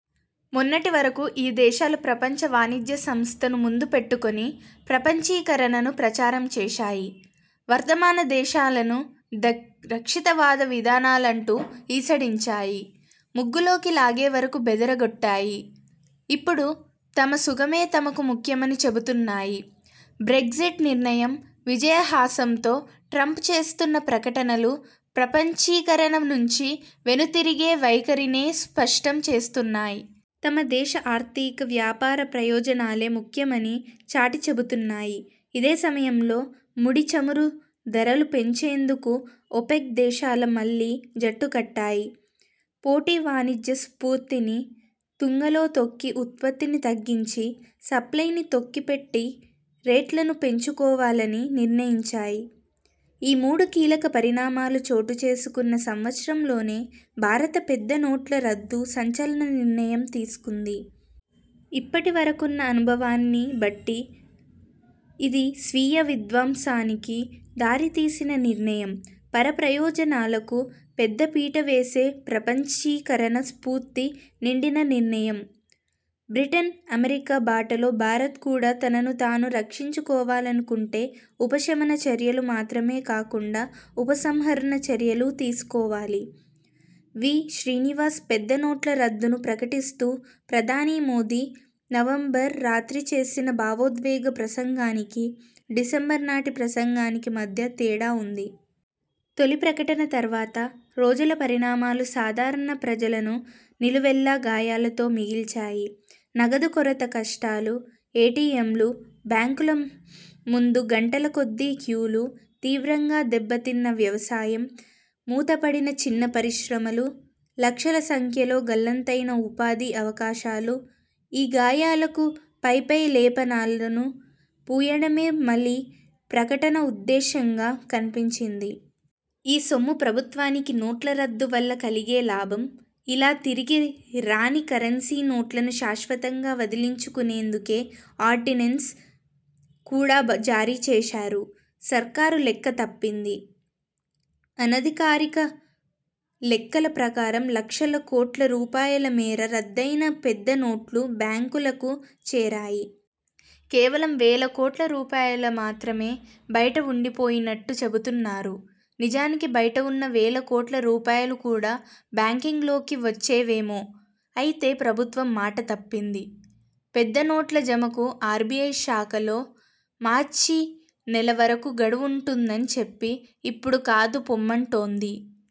మొన్నటి వరకు ఈ దేశాలు ప్రపంచ వాణిజ్య సంస్థ ను ముందు పెట్టుకొని ప్రపంచీకరణను ప్రచారం చేశాయి. వర్ధమాన దేశాలను రక్షితవాద విధానాలంటూ ఈసడించాయి. ముగ్గులోకి లాగేవరకు బెదరగొట్టాయి. ఇప్పుడు తమ సుఖమే తమకు ముఖ్యమని చెబుతున్నాయి. బ్రెగ్జిట్ నిర్ణయం, విజయహాసంతో ట్రంప్ చేస్తున్న ప్రకటనలు ప్రపంచీకరణ నుంచి వెనుతిరిగే వైఖరినే స్పష్టం చేస్తున్నాయి. తమ దేశ ఆర్థిక, వ్యాపార ప్రయోజనాలే ముఖ్యమని చాటి చెబుతున్నాయి. ఇదే సమయంలో ముడి చమురు ధరలు పెంచేందుకు ఒపెక్ దేశాల మళ్లీ జట్టుకట్టాయి. పోటీ వాణిజ్య స్ఫూర్తిని తుంగలో తొక్కి ఉత్పత్తిని తగ్గించి, సప్లయ్ని తొక్కిపెట్టి రేట్లను పెంచుకోవాలని నిర్ణయించాయి. ఈ మూడు కీలక పరిణామాలు చోటుచేసుకున్న సంవత్సరంలోనే భారత పెద్ద నోట్ల రద్దు సంచలన నిర్ణయం తీసుకుంది. ఇప్పటివరకున్న అనుభవాన్ని బట్టి ఇది స్వీయవిధ్వంసానికి దారితీసిన నిర్ణయం. పరప్రయోజనాలకు పెద్దపీటవేసే ప్రపంచీకరణ స్ఫూర్తి నిండిన నిర్ణయం. బ్రిటన్, అమెరికా బాటలో భారత్ కూడా తనను తాను రక్షించుకోవాలనుకుంటే ఉపశమన చర్యలు మాత్రమే కాకుండా ఉపసంహరణ చర్యలూ తీసుకోవాలి. వి. శ్రీనివాస్ పెద్ద నోట్ల రద్దును ప్రకటిస్తూ ప్రధాని మోదీ నవంబర్ రాత్రి చేసిన భావోద్వేగ ప్రసంగానికీ, డిసెంబర్ నాటి ప్రసంగానికి మధ్య తేడా ఉంది. తొలి ప్రకటన తర్వాత రోజుల పరిణామాలు సాధారణ ప్రజలను నిలువెల్లా గాయాలతో మిగిల్చాయి. నగదు కొరత కష్టాలు, ఎటిఎంలు, బ్యాంకుల ముందు గంటల కొద్దీ క్యూలు, తీవ్రంగా దెబ్బతిన్న వ్యవసాయం, మూతపడిన చిన్న పరిశ్రమలు, లక్షల సంఖ్యలో గల్లంతైన ఉపాధి అవకాశాలు ఈ గాయాలకు పైపై లేపనాలను పూయడమే మలి ప్రకటన ఉద్దేశ్యంగా కనిపించింది. ఈ సొమ్ము ప్రభుత్వానికి నోట్ల రద్దు వల్ల కలిగే లాభం. ఇలా తిరిగి రాని కరెన్సీ నోట్లను శాశ్వతంగా వదిలించుకునేందుకే ఆర్డినెన్స్ కూడా జారీ చేశారు. సర్కారు లెక్క తప్పింది. అనధికారిక లెక్కల ప్రకారం లక్షల కోట్ల రూపాయల మేర రద్దయిన పెద్ద నోట్లు బ్యాంకులకు చేరాయి. కేవలం వేల కోట్ల రూపాయల మాత్రమే బయట ఉండిపోయినట్టు చెబుతున్నారు. నిజానికి బయట ఉన్న వేల కోట్ల రూపాయలు కూడా బ్యాంకింగ్లోకి వచ్చేవేమో అయితే ప్రభుత్వం మాట తప్పింది. పెద్ద నోట్ల జమకు ఆర్బిఐ శాఖల్లో మార్చి నెల వరకు గడువుంటుందని చెప్పి, ఇప్పుడు కాదు పొమ్మంటోంది.